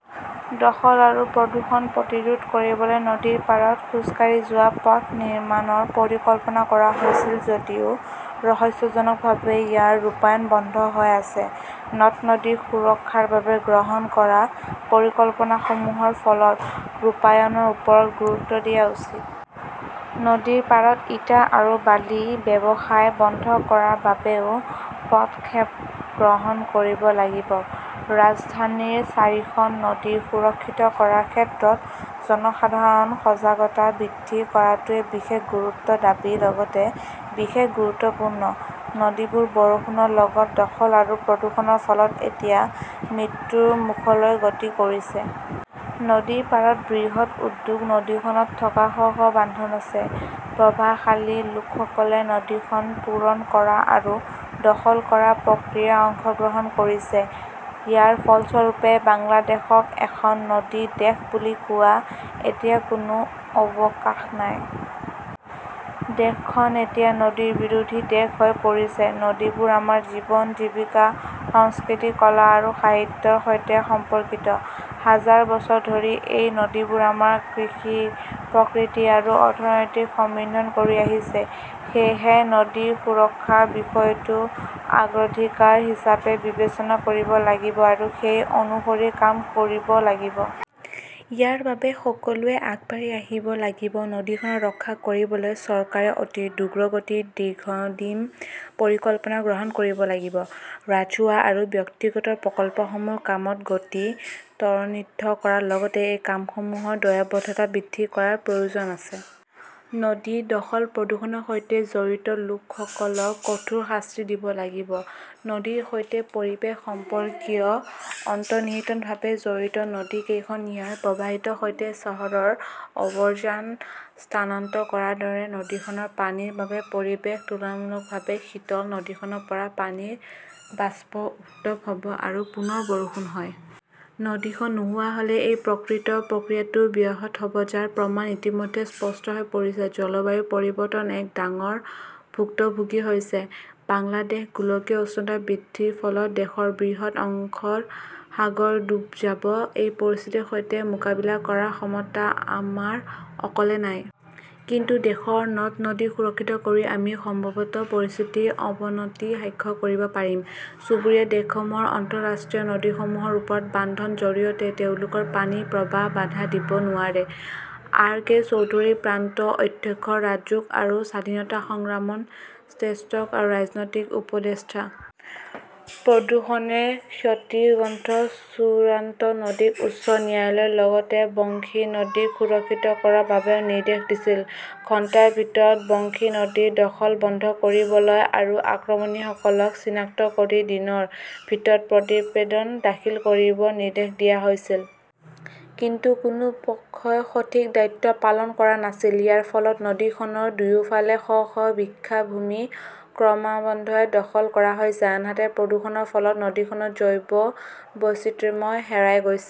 দখল আৰু প্ৰদূষণ প্ৰতিৰোধ কৰিবলৈ নদীৰ পাৰত খোজকাঢ়ি যোৱা পথ নিৰ্মাণৰ পৰিকল্পনা কৰা হৈছিল যদিও ৰহস্যজনকভাৱে ইয়াৰ ৰূপায়ণ বন্ধ হৈ আছে। নদ-নদী সুৰক্ষাৰ বাবে গ্ৰহণ কৰা পৰিকল্পনাসমূহৰ সফল ৰূপায়ণৰ ওপৰত গুৰুত্ব দিয়া উচিত। নদীৰ পাৰত ইটা আৰু বালিৰ ব্যৱসায় বন্ধ কৰাৰ বাবেও পদক্ষেপ গ্ৰহণ কৰিব লাগিব। ৰাজধানীৰ চাৰিখন নদী সুৰক্ষিত কৰাৰ ক্ষেত্ৰত জনসাধাৰণৰ সজাগতা বৃদ্ধি কৰাটোৱে বিশেষ গুৰুত্বৰ দাবী লগতে বিশেষ গুৰুত্বপূৰ্ণ। নদীবোৰ বৰষুণ লগতে দখল আৰু প্ৰদূষণৰ ফলত এতিয়া মৃত্যুৰ মুখলৈ গতি কৰিছে। নদীৰ পাৰত বৃহৎ উদ্যোগ, নদীখনত থকা শ শ বান্ধ আছে। প্ৰভাৱশালী লোকসকলে নদীখন পূৰণ কৰা আৰু দখল কৰাৰ প্ৰক্ৰিয়াত অংশগ্ৰহণ কৰিছে। ইয়াৰ ফলস্বৰূপে বাংলাদেশক এখন নদীৰ দেশ বুলি কোৱা এতিয়া কোনো অৱকাশ নাই। দেশখন এতিয়া নদী বিৰোধী দেশ হৈ পৰিছে। নদীবোৰ আমাৰ জীৱন, জীৱিকা, সংস্কৃতি, কলা আৰু সাহিত্যৰ সৈতে সম্পৰ্কিত। হাজাৰ বছৰ ধৰি এই নদীবোৰে আমাৰ কৃষি, প্ৰকৃতি আৰু অৰ্থনীতিক সমৃদ্ধ কৰি আহিছে। সেয়েহে, নদী সুৰক্ষাৰ বিষয়টো অগ্ৰাধিকাৰ হিচাপে বিবেচনা কৰিব লাগিব আৰু সেই অনুসৰি কাম কৰিব লাগিব। ইয়াৰ বাবে সকলোৱে আগবাঢ়ি আহিব লাগিব। নদীখন ৰক্ষা কৰিবলৈ চৰকাৰে অতি দ্ৰুতগতিত দীৰ্ঘম্যাদী পৰিকল্পনা গ্ৰহণ কৰিব লাগিব। ৰাজহুৱা আৰু ব্যক্তিগত প্ৰকল্পসমূহৰ কামৰ গতি ত্বৰান্বিত কৰাৰ লগতে এই কামসমূহৰ দায়বদ্ধতা বৃদ্ধি কৰাৰ প্ৰয়োজন আছে। নদী দখল-প্ৰদূষণৰ সৈতে জড়িত লোকসকলক কঠোৰ শাস্তি দিব লাগিব। নদীৰ সৈতে পৰিৱেশৰ সম্পৰ্ক অন্তৰ্নিহিতভাৱে জড়িত। নদীখনে ইয়াৰ প্ৰবাহৰ সৈতে চহৰখনৰ আৱৰ্জনা স্থানান্তৰ কৰাৰ দৰে, নদীখনৰ পানীৰ বাবে পৰিৱেশ তুলনামূলকভাৱে শীতল। নদীখনৰ পৰা পানীৰ বাষ্প উৎপন্ন হয় আৰু পুনৰ বৰষুণ হয়। নদীখন নোহোৱা হ'লে এই প্ৰাকৃতিক প্ৰক্ৰিয়াটো ব্যাহত হ'ব, যাৰ প্ৰমাণ ইতিমধ্যে স্পষ্ট হৈ পৰিছে। জলবায়ু পৰিৱৰ্তনৰ এক ডাঙৰ ভুক্তভোগী হৈছে বাংলাদেশ। গোলকীয় উষ্ণতা বৃদ্ধিৰ ফলত দেশৰ বৃহৎ অংশ সাগৰত ডুব যাব। এই পৰিস্থিতিৰ সৈতে মোকাবিলা কৰাৰ ক্ষমতা আমাৰ অকলে নাই। কিন্তু দেশৰ নদ-নদী সুৰক্ষিত কৰি আমি সম্ভৱতঃ পৰিস্থিতিৰ অৱনতি হ্ৰাস কৰিব পাৰিম। চুবুৰীয়া দেশসমূহে আন্তঃৰাষ্ট্ৰীয় নদীসমূহৰ ওপৰত বান্ধৰ জৰিয়তে তেওঁলোকৰ পানীৰ প্ৰবাহত বাধা দিব নোৱাৰে। আৰ কে চৌধুৰীঃ প্ৰাক্তন অধ্যক্ষ, ৰাজুক আৰু স্বাধীনতা সংগ্ৰামৰ ছেক্টৰ আৰু ৰাজনৈতিক উপদেষ্টা। প্ৰদূষণেৰে ক্ষতিগ্ৰস্ত চুটাঙ নদীক উচ্চ ন্যায়ালয়ে লগতে বংশী নদীক সুৰক্ষিত কৰাৰ বাবেও নিৰ্দেশ দিছিল। ঘণ্টাৰ ভিতৰত বংশী নদীৰ দখল বন্ধ কৰিবলৈ আৰু আক্ৰমণকাৰীসকলক চিনাক্ত কৰি দিনৰ ভিতৰত প্ৰতিবেদন দাখিল কৰিবলৈ নিৰ্দেশ দিয়া হৈছিল। কিন্তু কোনো পক্ষই সঠিক দায়িত্ব পালন কৰা নাছিল। ইয়াৰ ফলত নদীখনৰ দুয়োফালে শ শ বিঘা ভূমি ক্ৰমান্বয়ে দখল কৰা হৈছে। আনহাতে, প্ৰদূষণৰ ফলত নদীখনৰ জৈৱ বৈচিত্ৰ্য হেৰাই গৈছে।